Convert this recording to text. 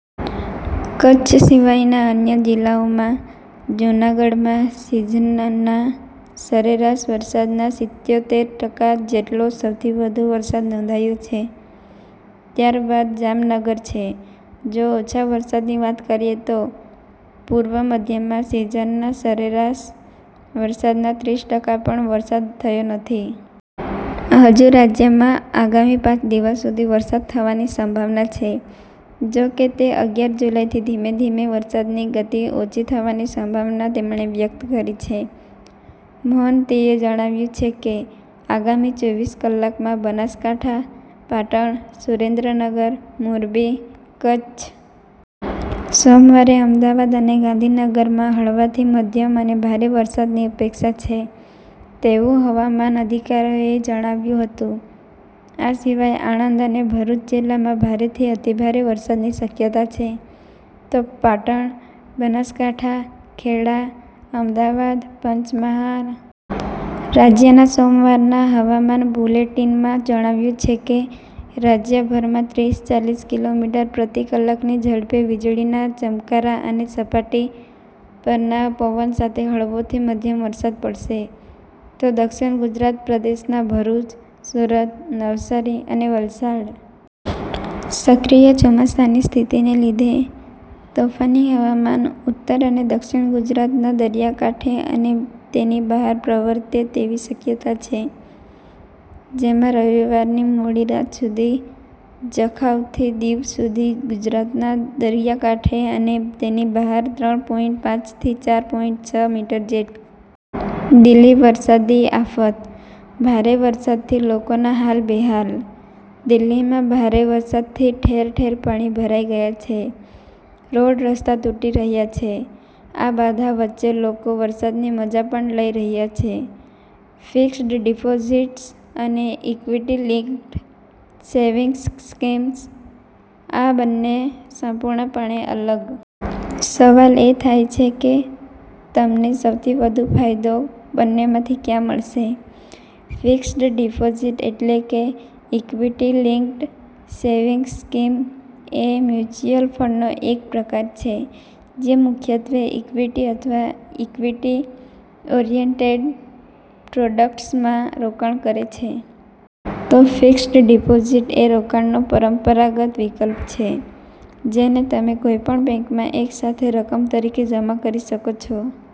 કચ્છ સિવાયના અન્ય જિલ્લાઓમાં, જૂનાગઢમાં સિઝનના સરેરાશ વરસાદના સિત્યોતેર ટકા જેટલો સૌથી વધુ વરસાદ નોંધાયો છે, ત્યારબાદ જામનગર છે. જો ઓછા વરસાદની વાત કરીએ તો, પૂર્વ મધ્યમાં સિઝનના સરેરાશ વરસાદના ત્રીસ ટકા પણ વરસાદ થયો નથી. હજુ રાજ્યમાં આગામી પાંચ દિવસ સુધી વરસાદ થવાની સંભાવના છે. જો કે, તે અગિયાર જુલાઈથી ધીમે ધીમે વરસાદની ગતી ઓછી થવાની સંભાવના તેમણે વ્યક્ત કરી છે. મોહંતીએ જણાવ્યું હતું કે, "આગામી ચોવીસ કલાકમાં, બનાસકાંઠા, પાટણ, સુરેન્દ્રનગર, મોરબી, કચ્છ અને અન્ય કેટલાક જિલ્લાઓ જેવા સમગ્ર રાજ્યમાં મોટાભાગના સ્થળોએ ભારેથી અતિભારે વરસાદની શક્યતા છે. " "સોમવારે અમદાવાદ અને ગાંધીનગરમાં હળવાથી મધ્યમ અને ભારે વરસાદની અપેક્ષા છે." તેવું હવામાન અધિકારીઓએ જણાવ્યું હતું. આ સિવાય "આણંદ અને ભરૂચ જિલ્લામાં ભારેથી અતિભારે વરસાદની શક્યતા છે. તો પાટણ, સાબરકાંઠા, ખેડા, અમદાવાદ, પંચમહાલ અને વડોદરા, તો સૌરાષ્ટ્રના જિલ્લાઓમાં, એટલે કે સુરેન્દ્રનગર, જૂનાગઢ, ભાવનગર અને બોટાદ જિલ્લામાં છૂટાછવાયા સ્થળોએ ભારે વરસાદ પડી શકે છે. રાજ્યના સોમવારના હવામાન બુલેટિનમાં જણાવાયું છે કે, રાજ્યભરમાં ત્રીસ-ચાલીસ કિલોમીટર પ્રતિ કલાકની ઝડપે વીજળીના ચમકારા અને સપાટી પરના પવન સાથે હળવોથી મધ્યમ વરસાદ પડશે. તો દક્ષિણ ગુજરાત પ્રદેશના ભરૂચ, સુરત, નવસારી અને વલસાડ જિલ્લાઓ અને સૌરાષ્ટ્રના અમરેલી અને ભાવનગર જિલ્લામાં મંગળવારે ભારે વરસાદની સંભાવના છે. સક્રિય ચોમાસાની સ્થિતિને લીધે, તોફાની હવામાન ઉત્તર અને દક્ષિણ ગુજરાતના દરિયાકાંઠે અને તેની બહાર પ્રવર્તે તેવી શક્યતા છે, જેમાં રવિવારની મોડી રાત સુધી જખાઉથી દીવ સુધી ગુજરાતના દરિયાકાંઠે અને તેની બહાર ત્રણ પોઈંટ પાંચ થી ચાર પોઈંટ છ મીટર જેટલા ઊંચા મોજાં ઉછળવાની સંભાવના છે. દિલ્હી વરસાદી આફત: ભારે વરસાદથી લોકોના હાલ બેહાલ? દિલ્હીમાં ભારે વરસાદથી ઠેર ઠેર પાણી ભરાઈ ગયા છે, રોડ રસ્તા તૂટી રહ્યા છે. આ બાધા વચ્ચે લોકો વરસાદની મજા પણ લઈ રહ્યા છે. ફિક્સ્ડ ડિપોઝિટ્સ અને ઇક્વિટી લિંક્ડ સેવિંગ્સ સ્કીમ – આ બંને સંપૂર્ણપણે અલગ અલગ રોકાણના વિકલ્પો છે. સવાલ એ થાય છે કે તમને સૌથી વધુ ફાયદો બંનેમાંથી ક્યાં મળશે. ફિક્સ્ડ ડિપોઝિટ એટલે કે ઇક્વિટી લિંક્ડ સેવિંગ્સ સ્કીમ એ મ્યુચ્યુઅલ ફંડનો એક પ્રકાર છે, જે મુખ્યત્વે ઇક્વિટી અથવા ઇક્વિટી ઓરિએન્ટેડ પ્રોડક્ટ્સમાં રોકાણ કરે છે. તો ફિક્સ્ડ ડિપોઝિટ એ રોકાણનો પરંપરાગત વિકલ્પ છે, જેને તમે કોઈપણ બેંકમાં એક સાથે રકમ તરીકે જમા કરી શકો છો.